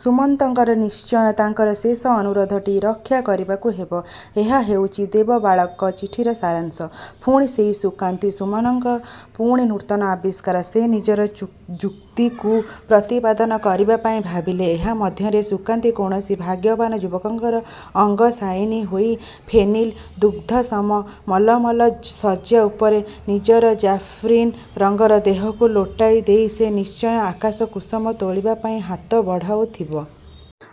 ସୁମନ୍ତଙ୍କୁ ନିଶ୍ଚୟ ତାଙ୍କର ଶେଷ ଅନୁରୋଧଟି ରକ୍ଷା କରିବାକୁ ହେବ। ଏହା ହେଉଛି ଦେବବାଳାଙ୍କ ଚିଠିର ସାରାଂଶ। ପୁଣି ସେହି ସୁକାନ୍ତୀ? ସୁମନ୍ତଙ୍କର ପୁଣି ନୂତନ ଆବିଷ୍କାର। ସେ ନିଜର ଯୁକ୍ତିକୁ ପ୍ରତିପାଦିତ କରିବା ପାଇଁ ଭାବିଲେ ଏହା ମଧ୍ୟରେ ସୁକାନ୍ତୀ କୌଣସି ଭାଗ୍ୟବାନ ଯୁବକର ଅଙ୍ଗଶାୟିନୀ ହୋଇ ଫେନିଳ ଦୁଗ୍ଧସମ ମଲମଲ ଶଯ୍ୟା ଉପରେ ନିଜର ଜାଫ୍ରାନୀ ରଙ୍ଗର ଦେହକୁ ଲୋଟାଇ ଦେଇ ସେ ନିଶ୍ଚୟ ଆକାଶ କୁସୁମ ତୋଳିବା ପାଇଁ ହାତ ବଢ଼ାଉଥିବ।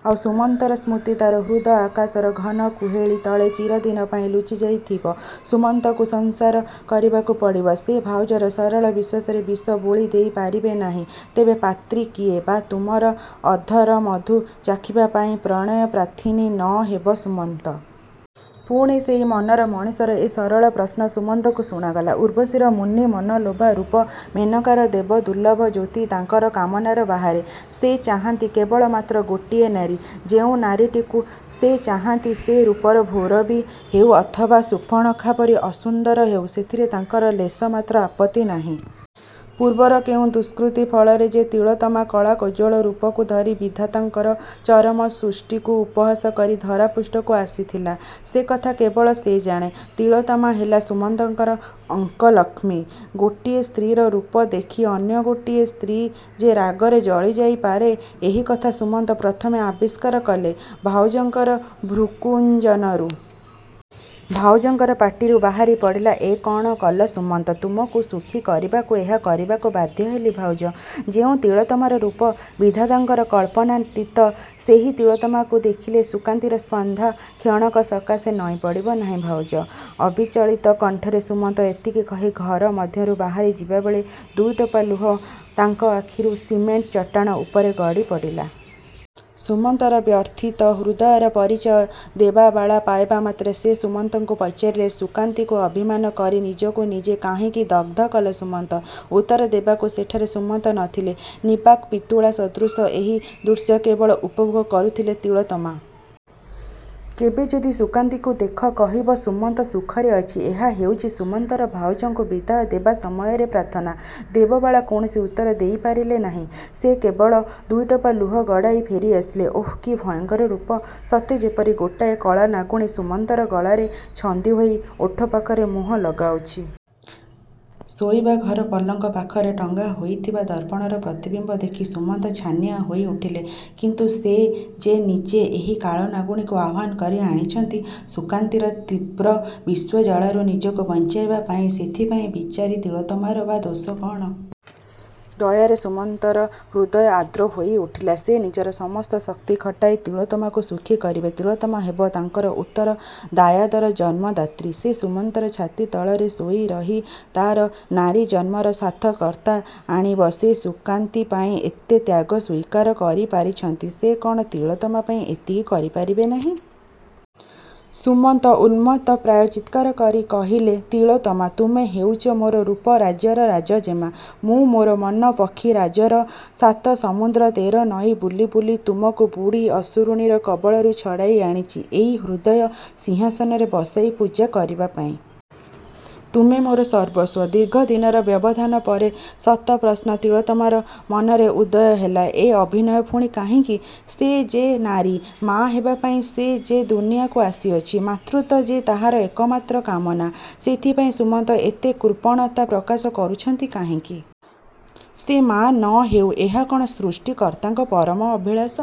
ଆଉ ସୁମନ୍ତର ସ୍ମୃତି ତା'ର ହୃଦ ଆକାଶର ଘନ କୁହେଳି ତଳେ ଚିରଦିନ ପାଇଁ ଲୁଚିଯାଇଥିବ। ସୁମନ୍ତକୁ ସଂସାର କରିବାକୁ ପଡ଼ିବ। ସେ ଭାଉଜର ସରଳ ବିଶ୍ୱାସରେ ବିଷ ବୋଳିଦେଇ ପାରିବେ ନାହିଁ। ତେବେ ପାତ୍ରୀ କିଏ ବା ତୁମର ଅଧରମଧୁ ଚାଖିବା ପାଇଁ ପ୍ରଣୟପ୍ରାର୍ଥିନୀ ନ ହେବ ସୁମନ୍ତ? ପୁଣି ସେହି ମନର ମଣିଷର ଏ ସରଳ ପ୍ରଶ୍ନ ସୁମନ୍ତଙ୍କୁ ଶୁଣାଗଲା। ଉର୍ବଶୀର ମୁନିମନଲୋଭା ରୂପ, ମେନକାର ଦେବଦୁର୍ଲ୍ଲଭ ଜ୍ୟୋତି ତାଙ୍କର କାମନାର ବାହାରେ। ସେ ଚାହାଁନ୍ତି କେବଳମାତ୍ର ଗୋଟିଏ ନାରୀ। ଯେଉଁ ନାରୀଟିକୁ ସେ ଚାହାଁନ୍ତି, ସେ ରୂପରେ ଭୈରବୀ ହେଉ ଅଥବା ସୂର୍ପଣଖା ପରି ଅସୁନ୍ଦରୀ ହେଉ ସେଥିରେ ତାଙ୍କର ଲେଶମାତ୍ର ଆପତ୍ତି ନାହିଁ। ପୂର୍ବର କେଉଁ ଦୁଷ୍କୃତି ଫଳରେ ଯେ ତିଳୋତ୍ତମା କଳାକଜ୍ୱଳ ରୂପକୁ ଧରି ବିଧାତାଙ୍କର ଚରମ ସୃଷ୍ଟିକୁ ଉପହାସ କରି ଧରାପୃଷ୍ଠକୁ ଆସିଥିଲା, ସେ କଥା କେବଳ ସେ ଜାଣେ। ତିଳୋତ୍ତମା ହେଲା ସୁମନ୍ତର ଅଙ୍କଲକ୍ଷ୍ମୀ। ଗୋଟିଏ ସ୍ତ୍ରୀର ରୂପ ଦେଖି ଅନ୍ୟ ଗୋଟିଏ ସ୍ତ୍ରୀ ଯେ ରାଗରେ ଜଳିଯାଇପାରେ ଏହି କଥା ସୁମନ୍ତ ପ୍ରଥମେ ଆବିଷ୍କାର କଲେ ଭାଉଜଙ୍କର ଭ୍ରୂକୁଞ୍ଚନରୁ। ଭାଉଜଙ୍କର ପାଟିରୁ ବାହାରିପଡ଼ିଲା ''ଏ କ'ଣ କଲ ସୁମନ୍ତ? '' ''ତୁମକୁ ସୁଖୀ କରିବାକୁ ଏହା କରିବାକୁ ବାଧ୍ୟ ହେଲି ଭାଉଜ। ଯେଉଁ ତିଳୋତ୍ତମାର ରୂପ ବିଧାତାଙ୍କର କଳ୍ପନାତୀତ, ସେହି ତିଳୋତ୍ତମାକୁ। ଦେଖିଲେ ସୁକାନ୍ତୀର ସ୍ପର୍ଦ୍ଧା କ୍ଷଣକ ସକାଶେ ନଇଁପଡ଼ିବ ନାହିଁ ଭାଉଜ? '' ଅବିଚଳିତ କଣ୍ଠରେ ସୁମନ୍ତ ଏତିକି କହି ଘର ମଧ୍ୟରୁ ବାହାରି ଯିବାବେଳେ ଦୁଇଟୋପା ଲୁହ ତାଙ୍କ ଆଖିରୁ ସିମେଣ୍ଟ ଚଟାଣ ଉପରେ ଗଡ଼ିପଡ଼ିଲା। ସୁମନ୍ତର ବ୍ୟଥିତ ହୃଦୟର ପରିଚୟ ଦେବବାଳା ପାଇବା ମାତ୍ରେ ସେ ସୁମନ୍ତଙ୍କୁ ପଚାରିଲେ, ''ସୁକାନ୍ତୀକୁ ଅଭିମାନ କରି ନିଜକୁ ନିଜେ କାହିଁକି ଦଗ୍ଧ କଲ ସୁମନ୍ତ? '' ଉତ୍ତର ଦେବାକୁ ସେଠାରେ ସୁମନ୍ତ ନ ଥିଲେ। ନିର୍ବାକ୍ ପିତୁଳାସଦୃଶ ଏହି ଦୃଶ୍ୟ କେବଳ ଉପଭୋଗ କରୁଥିଲା ତିଳୋତ୍ତମା। ''କେବେ ଯଦି ସୁକାନ୍ତୀକୁ ଦେଖ, କହିବ ସୁମନ୍ତ ସୁଖରେ ଅଛି। '' ଏହା ହେଉଛି ସୁମନ୍ତର ଭାଉଜଙ୍କୁ ବିଦାୟ ଦେବା ସମୟରେ ପ୍ରାର୍ଥନା। ଦେବବାଳା କୌଣସି ଉତ୍ତର ଦେଇପାରିଲେ ନାହିଁ। ସେ କେବଳ ଦୁଇଟୋପା ଲୁହ ଗଡ଼ାଇ ଫେରିଆସିଲେ। ଓଃ, କି ଭୟଙ୍କର ରୂପ? ସତେଯେପରି ଗୋଟାଏ କାଳନାଗୁଣୀ ସୁମନ୍ତର ଗଳାରେ ଛନ୍ଦିହୋଇ ଓଠ ପାଖରେ ମୁହଁ ଲଗାଉଛି। ଶୋଇବା ଘର ପଲଙ୍କ ପାଖରେ ଟଙ୍ଗା ହୋଇଥିବା ଦର୍ପଣରେ ପ୍ରତିବିମ୍ବ ଦେଖି ସୁମନ୍ତ ଛାନିଆ ହୋଇଉଠିଲେ। କିନ୍ତୁ ସେ ଯେ ନିଜେ ଏହି କାଳନାଗୁଣୀକୁ ଆହ୍ୱାନ କରି ଆଣିଛନ୍ତି ସୁକାନ୍ତୀର ତୀବ୍ର ବିଷଜ୍ୱାଳାରୁ ନିଜକୁ ବଞ୍ଚାଇବା ପାଇଁ। ସେଥିପାଇଁ ବିଚାରୀ ତିଳୋତ୍ତମାର ବା ଦୋଷ କ'ଣ? ଦୟାରେ ସୁମନ୍ତର ହୃଦୟ ଆର୍ଦ୍ର ହୋଇଉଠିଲା। ସେ ନିଜର ସମସ୍ତ ଶକ୍ତି ଖଟାଇ ତିଳୋତ୍ତମାକୁ ସୁଖୀ କରିବେ। ତିଳୋତ୍ତମା ହେବ ତାଙ୍କର ଉତ୍ତର ଦାୟାଦର ଜନ୍ମଦାତ୍ରୀ। ସେ ସୁମନ୍ତର ଛାତି ତଳରେ ଶୋଇରହି ତା'ର ନାରୀଜନ୍ମର ସାର୍ଥକତା ଆଣିବ। ଯେ ସୁକାନ୍ତୀ ପାଇଁ ଏତେ ତ୍ୟାଗ ସ୍ଵୀକାର କରିପାରିଛନ୍ତି, ସେ କ'ଣ ତିଳୋତ୍ତମା ପାଇଁ ଏତିକି କରିପାରିବେ ନାହିଁ? ସୁମନ୍ତ ଉନ୍ମତ୍ତ ପ୍ରାୟ ଚିତ୍କାର କରି କହିଲେ, ''ତିଳୋତ୍ତମା! ତୁମେ ହେଉଛ ମୋର ରୂପରାଜ୍ୟର ରାଜଜେମା। ମୁଁ ମୋର ମନ ପକ୍ଷିରାଜରେ ସାତ ସମୁଦ୍ର ତେର ନଈ ବୁଲି ବୁଲି ତୁମକୁ ବୁଢ଼ୀ ଅସୁରୁଣୀର କବଳରୁ ଛଡ଼ାଇ ଆଣିଛି ଏହି ହୃଦୟ ସିଂହାସନରେ ବସାଇ ପୂଜା କରିବା ପାଇଁ। ତୁମେ ମୋର ସର୍ବସ୍ୱ। '' ଦୀର୍ଘଦିନର ବ୍ୟବଧାନ ପରେ ଶତପ୍ରଶ୍ନ ତିଳୋତ୍ତମାର ମନରେ ଉଦୟ ହେଲା। ଏ ଅଭିନୟ ପୁଣି କାହିଁକି? ସେ ଯେ ନାରୀ। ମା' ହେବାପାଇଁ ସେ ଯେ ଦୁନିଆକୁ ଆସିଅଛି। ମାତୃତ୍ଵ ଯେ ତାହାର ଏକମାତ୍ର କାମନା। ସେଥିପାଇଁ ସୁମନ୍ତ ଏତେ କୃପଣତା ପ୍ରକାଶ କରୁଛନ୍ତି କାହିଁକି? ସେ ମା' ନ ହେଉ ଏହା କ'ଣ ସୃଷ୍ଟିକର୍ତ୍ତାଙ୍କ ପରମ ଅଭିଳାଷ?